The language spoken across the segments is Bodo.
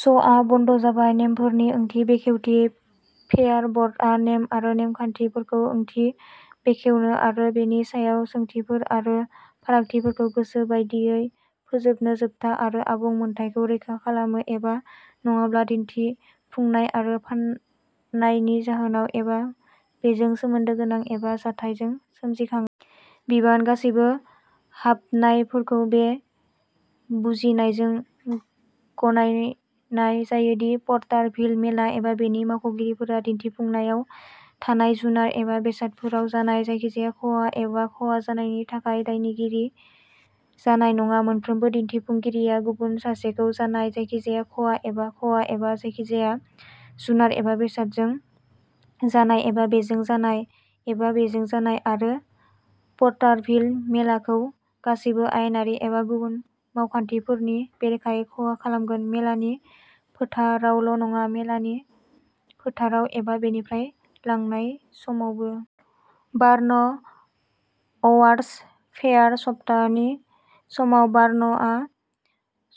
श'आ बन्द जाबाय। नेमफोरनि ओंथि बेखेवथिः फेयार बर्डआ नेम आरो नेमखान्थिफोरखौ ओंथि बेखेवनो आरो बेनि सायाव सोंथिफोर आरो फारागथिफोरखौ गोसो बायदियै फोजोबनो जोबथा आरो आबुं मोन्थाइखौ रैखा खालामो, एबा नङाब्ला दिन्थिफुंनाय आरो फान्नायनि जाहोनाव, एबा बेजों सोमोन्दो गोनां, एबा जाथायजों सोमजिखाङो। बिबानः गासैबो हाबनायफोरखौ बे बुजिनायजों गनायनाय जायो दि पर्टारभिल मेला एबा बेनि मावख'गिरिफोरा, दिन्थिफुंनायाव थानाय जुनार एबा बेसादफोराव जानाय जायखिजाया खहा एबा खहा जानायनि थाखाय दायनिगिरि जानाय नङा। मोनफ्रोमबो दिन्थिफुंगिरिया गुबुन सासेखौ जानाय जायखिजाया खहा एबा खहा, एबा जायखिजाया जुनार एबा बेसादजों जानाय, एबा बेजों जानाय, एबा बेजों जानाय, आरो पर्टारभिल मेलाखौ गासैबो आयेनारि एबा गुबुन मावखान्थिफोरनि बेरेखायै खहा खालामगोन, मेलानि फोथारावल'नङा, मेलानि फोथाराव एबा बेनिफ्राय लांनाय समावबो। बार्न अवार्सः फेयार सप्ताहनि समाव बार्नआ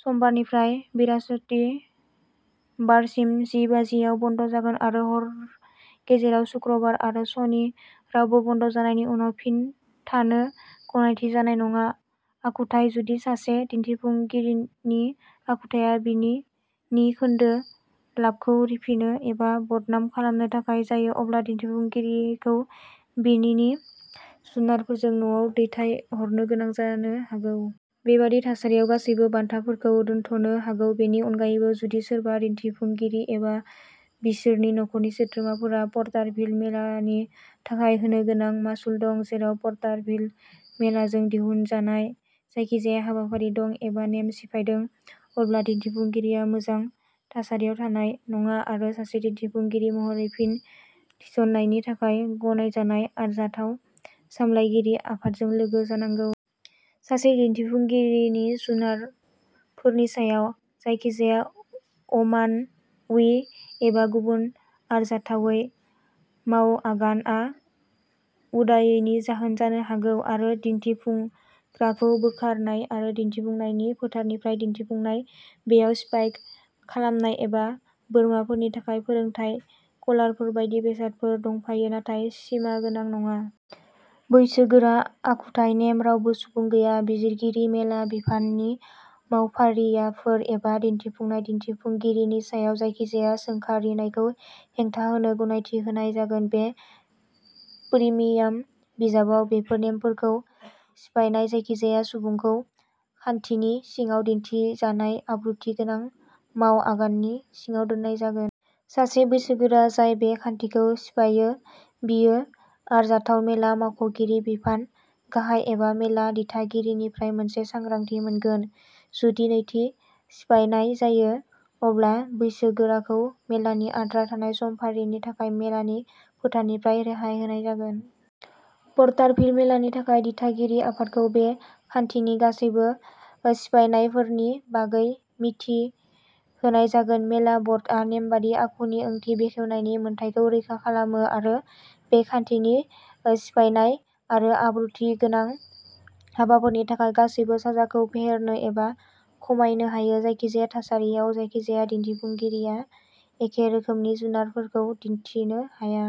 समबारनिफ्राय बृहस्पतिबारसिम जि बाजिआव बन्द जागोन आरो हर गेजेराव शुक्रबार। आरो सनि। रावबो बन्द'जानायनि उनाव फिन थानो गनायथि जानाय नङा! आखुथाइः जुदि सासे दिन्थिफुंगिरिनि आखुथाया बिनिनि खोन्दो लाबखौ रिफिनो एबा बदनाम खालामनो थाखाय जायो, अब्ला दिन्थिफुंगिरिखौ बिनिनि जुनारफोरजों न'आव दैथायहरनो गोनां जानो हागौ। बेबादि थासारियाव, गासैबो बान्थाफोरखौ दोनथ'नो हागौ। बेनि अनगायैबो, जुदि सोरबा दिन्थिफुंगिरि एबा बिसोरनि नखरनि सोद्रोमाफोरा पर्टारभिल मेलानि थाखाय होनोगोनां मासुल दं, जेराव पर्टारभिल मेलाजों दिहुनजानाय जायखिजाया हाबाफारि दं एबा नेम सिफायदों, अब्ला दिन्थिफुंगिरिया मोजां थासारियाव थानाय नङा आरो सासे दिन्थिफुंगिरि महरै फिन थिसननायनि थाखाय गनायजानाय आरजाथाव सामलायगिरि आफादजों लोगो जानांगौ। सासे दिन्थिफुंगिरिनि जुनारफोरनि सायाव जायखिजाया अमानवीय एबा गुबुन आरजाथावै मावआगानआ उदायैनि जाहोन जानो हागौ, आरो दिन्थिफुंग्राखौ बोखारनाय आरो दिन्थिफुंनायनि फोथारनिफ्राय दिन्थिफुंनाय। बेयाव स्पाइक खालामनाय एबा बोरमाफोरनि थाखाय फोरोंथाय कलारफोर बायदि बेसादफोर दंफायो नाथाय सिमागोनां नङा। बैसोगोरा आखुथाय नेमः रावबो सुबुं गैया। बिजिरगिरि, मेला, बिफाननि मावफारियाफोर एबा दिन्थिफुंनाय/दिन्थिफुंगिरिनि सायाव जायखिजाया सोंखारिनायखौ हेंथा होनो गनायथि होनाय जागोन। बे प्रिमियाम बिजाबाव बेफोर नेमफोरखौ सिफायनाय जायखिजाया सुबुंखौ खान्थिनि सिङाव दिनथिजानाय आब्रुथि गोनां मावआगाननि सिङाव दोननाय जागोन। सासे बैसोगोरा जाय बे खान्थिखौ सिफायो, बियो आरजाथाव मेला मावख'गिरि, बिफान गाहाय एबा मेला दिथागिरिनिफ्राय मोनसे सांग्रांथि मोनगोन। जुदि नैथि सिफायनाय जायो, अब्ला बैसोगोराखौ मेलानि आद्रा थानाय समफारिनि थाखाय मेलानि फोथारनिफ्राय रेहाय होनाय जागोन। पर्टारभिल मेलानि थाखाय दिथागिरि आफादखौ बे खान्थिनि गासैबो सिफायनायफोरनि बागै मिथि होनाय जागोन। मेला बर्डआ नेमबादि आखुनि ओंथि बेखेवनायनि मोन्थाइखौ रैखा खालामो आरो बे खान्थिनि ओ सिफायनाय आरो आब्रुथि गोनां हाबाफोरनि थाखाय गासैबो साजाखौ फेहेरनो एबा खमायनो हायो। जायखिजाया थासारियाव जायखिजाया दिन्थिफुंगिरिया एखे रोखोमनि जुनारफोरखौ दिन्थिनो हाया।